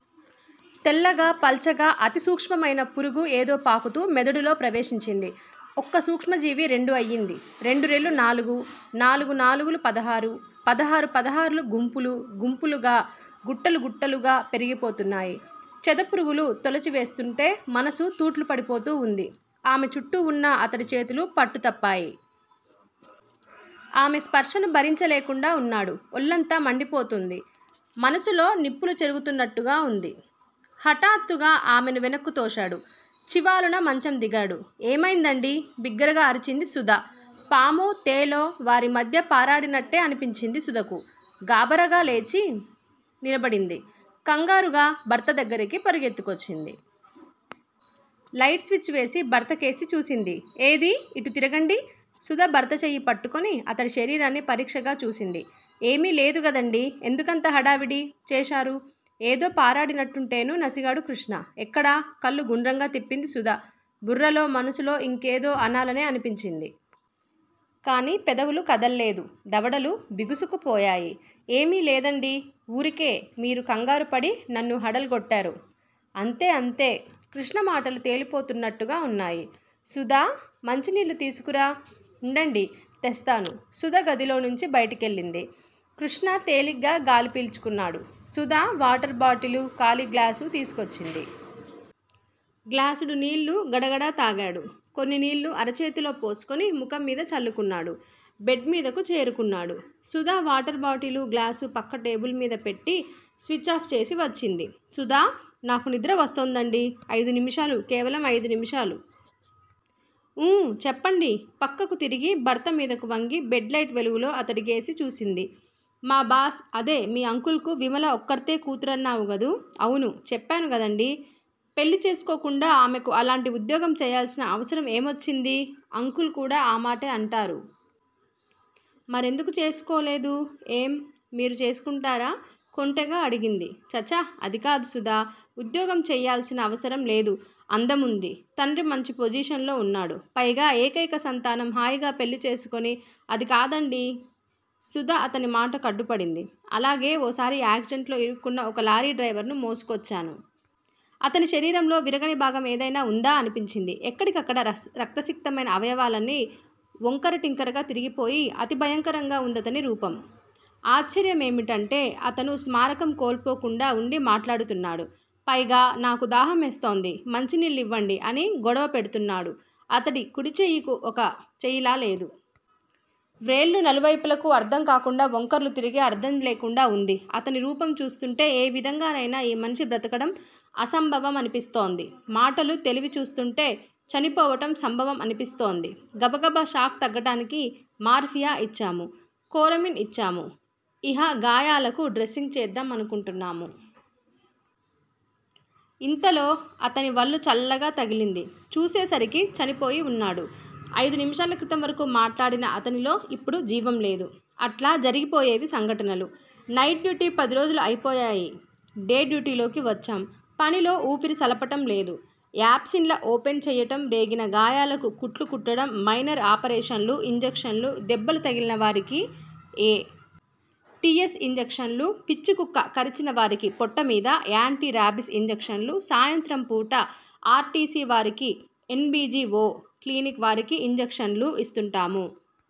తెల్లగా, పల్చగా, అతిసూక్ష్మమైన పురుగు ఏదో పాకుతూ మెదడులో ప్రవేశించింది. ఒక్క సూక్ష్మజీవి రెండు అయ్యింది. రెండురెళ్ళు నాలుగు, నాలుగు నాలుగులు పదహారు. పదహారు పదహార్లు గుంపులు గుంపులుగా, గుట్టలు గుట్టలుగా పెరిగిపోతున్నాయి. చెదపురుగులు, తొలిచివేస్తూంటే మనసు తూట్లుపడిపోతూ ఉంది. ఆమెచుట్టు ఉన్న అతడి చేతులు పట్టుతప్పాయి. ఆమె స్పర్శను భరించలేకుండా ఉన్నాడు. ఒళ్ళంతా మండిపోతుంది. మనసులో నిప్పులు చెరుగుతున్నట్టుగా వుంది. హఠాత్తుగా ఆమెను వెనక్కు తోశాడు. చివాలున మంచం దిగాడు. ఏమైందండీ? బిగ్గరగా అరిచింది సుధ. పామో, తేలో వారిమధ్య పారాడినట్టే అనిపించింది సుధకు. గాభరాగా లేచి నిలబడింది. కంగారుగ భర్త దగ్గిరకు పరిగెత్తుకొచ్చింది. లైట్ స్విచ్ వేసి భర్తకేసి చూసింది. ఏదీ! ఇటు తిరగండీ! సుధ భర్తచెయ్యి పట్టుకొని అతడి శరీరాన్ని పరీక్షగ చూసింది. ఏమీ లేదుగదండీ? ఎందుకంత హడావిడి చేశారూ? ఏదో పారాడినట్టుంటేనూ నసిగాడు కృష్ణ. ఎక్కడా? కళ్ళు గుండ్రంగా తిప్పింది సుధ. బుర్రలో, మనసులో ఇంకేదో అనాలనే అనిపించింది. కాని పెదవులు కదల్లేదు. దవడలు బిగుసుకుపోయాయి. ఏమీ లేదండి. ఊరికే మీరు కంగారుపడి నన్ను హడల్ గొట్టారు. అంతే! అంతే! కృష్ణ మాటలు తేలిపోతున్నట్టుగా వున్నాయి. సుధా! మంచినీళ్ళు తీసుకురా. ఉండండి! తెస్తాను! సుధ గదిలో నుంచి బయటికెళ్ళింది. కృష్ణ తేలిగ్గా గాలిపీల్చుకున్నాడు. సుధ వాటర్ బాటిలూ, ఖాళీగ్లాసూ తీసుకొచ్చింది. గ్లాసుడు నీళ్ళు గడగడ తాగాడు. కొన్ని నీళ్ళు అరచేతిలో పోసుకొని ముఖంమీద చల్లుకున్నాడు. బెడ్ మీదకు చేరుకున్నాడు. సుధ వాటర్ బాటిలూ, గ్లాసూ పక్క టేబుల్ మీద పెట్టి స్విచ్ ఆఫ్ చేసి వచ్చింది. సుధా! నాకు నిద్ర వస్తోందండీ! ఐదు నిమిషాలు. కేవలం ఐదు నిమిషాలు. ఊఁ చెప్పండి పక్కకు తిరిగి భర్త మీదకు వంగి, బెడ్ లైట్ వెలుగులో అతడికేసి చూసింది. మా బాస్ అదే మీ అంకుల్ కు విమల ఒక్కర్తె కూతురన్నావు గదూ? అవును. చెప్పానుగదండీ! పెళ్ళి చేసుకోకుండా ఆమెకు అలాంటి ఉద్యోగం చెయ్యాల్సిన అవసరం ఏమొచ్చిందీ? అంకుల్ కూడా ఆమాటే అంటారు. మరెందుకు చేసుకోలేదూ? ఏం? మీరు చేసుకుంటారా? కొంటెగా అడిగింది. ఛ! ఛ! అదికాదు సుధా. ఉద్యోగం చెయ్యాల్సిన అవసరంలేదు. అందముంది. తండ్రి మంచి పొజిషన్ లో వున్నాడు. పైగా ఏకైక సంతానం. హాయిగా పెళ్ళిచేసికొని అదికాదండి సుధ అతని మాటకడ్డు పడింది. అలాగే ఓ సారి యాక్సిడెంట్ లో ఇరుక్కున్న ఒక లారీ డ్రైవర్ ను మోసుకొచ్చాను. అతని శరీరంలో విరగని భాగం ఏదయినా వుందా అనిపించింది. ఎక్కడికక్కడ రస్ రక్తసిక్తమైన అవయవాలన్నీ వొంకరటింకరగా తిరిగిపోయి, అతి భయంకరంగా వుందతని రూపం. ఆశ్చర్యమేమిటంటే అతను స్మారకం కోల్పోకుండా వుండి మాట్లాడుతున్నాడు. పైగా, నాకు దాహమేస్తోంది. మంచినీళ్ళివ్వండి అని గొడవ పెడుతున్నాడు. అతని కుడిచెయ్యి ఒక చెయ్యిలాలేదు. వ్రేళ్ళు నలువైపులకూ అర్ధం లేకుండా, వొంకర్లు తిరిగి అర్ధం లేకుండా వుంది. అతని రూపం చూస్తుంటే ఏ విధంగానైనా యీ మనిషి బ్రతకటం అసంభవమనిపిస్తోంది. మాటలు, తెలివి చూస్తుంటే చనిపోవటం సంభవం అనిపిస్తోంది. గబగబ షాక్ తగ్గటానికి మార్ఫియా ఇచ్చాము. కోరమిన్ ఇచ్చాము. ఇహ గాయాలకు డ్రెస్సింగ్ చేద్దామనుకుంటున్నాము. ఇంతలో అతని వళ్ళు చల్లగా తగిలింది. చూసేసరికి చనిపోయి వున్నాడు. అయిదు నిమిషాల క్రితం వరకూ మాట్లాడిన అతనిలో ఇప్పుడు జీవంలేదు. అట్లా జరిగిపోయేవి సంఘటనలు. నైట్ డ్యూటీ పదిరోజులూ అయిపోయాయి. డే డ్యూటీలోకి వచ్చాం. పనిలో ఊపిరి సలపటంలేదు. యాబ్సిన్ ల ఓపెన్ చెయ్యటం రేగిన గాయాలకు కుట్లు కుట్టడం, మైనర్ ఆపరేషన్లు, ఇంజక్షన్లు దెబ్బలు తగిలిన వారికి ఎ. టి. ఎస్. ఇంజక్షన్లు, పిచ్చికుక్క కరిచినవారికి పొట్టమీద యాంటీ రాబిస్ ఇంజక్షన్లు, సాయంత్రంపూట ఆర్. టి. సి. వారికీ, N. B. G. O clinic వారికి ఇంజక్షన్లూ ఇస్తుంటాము.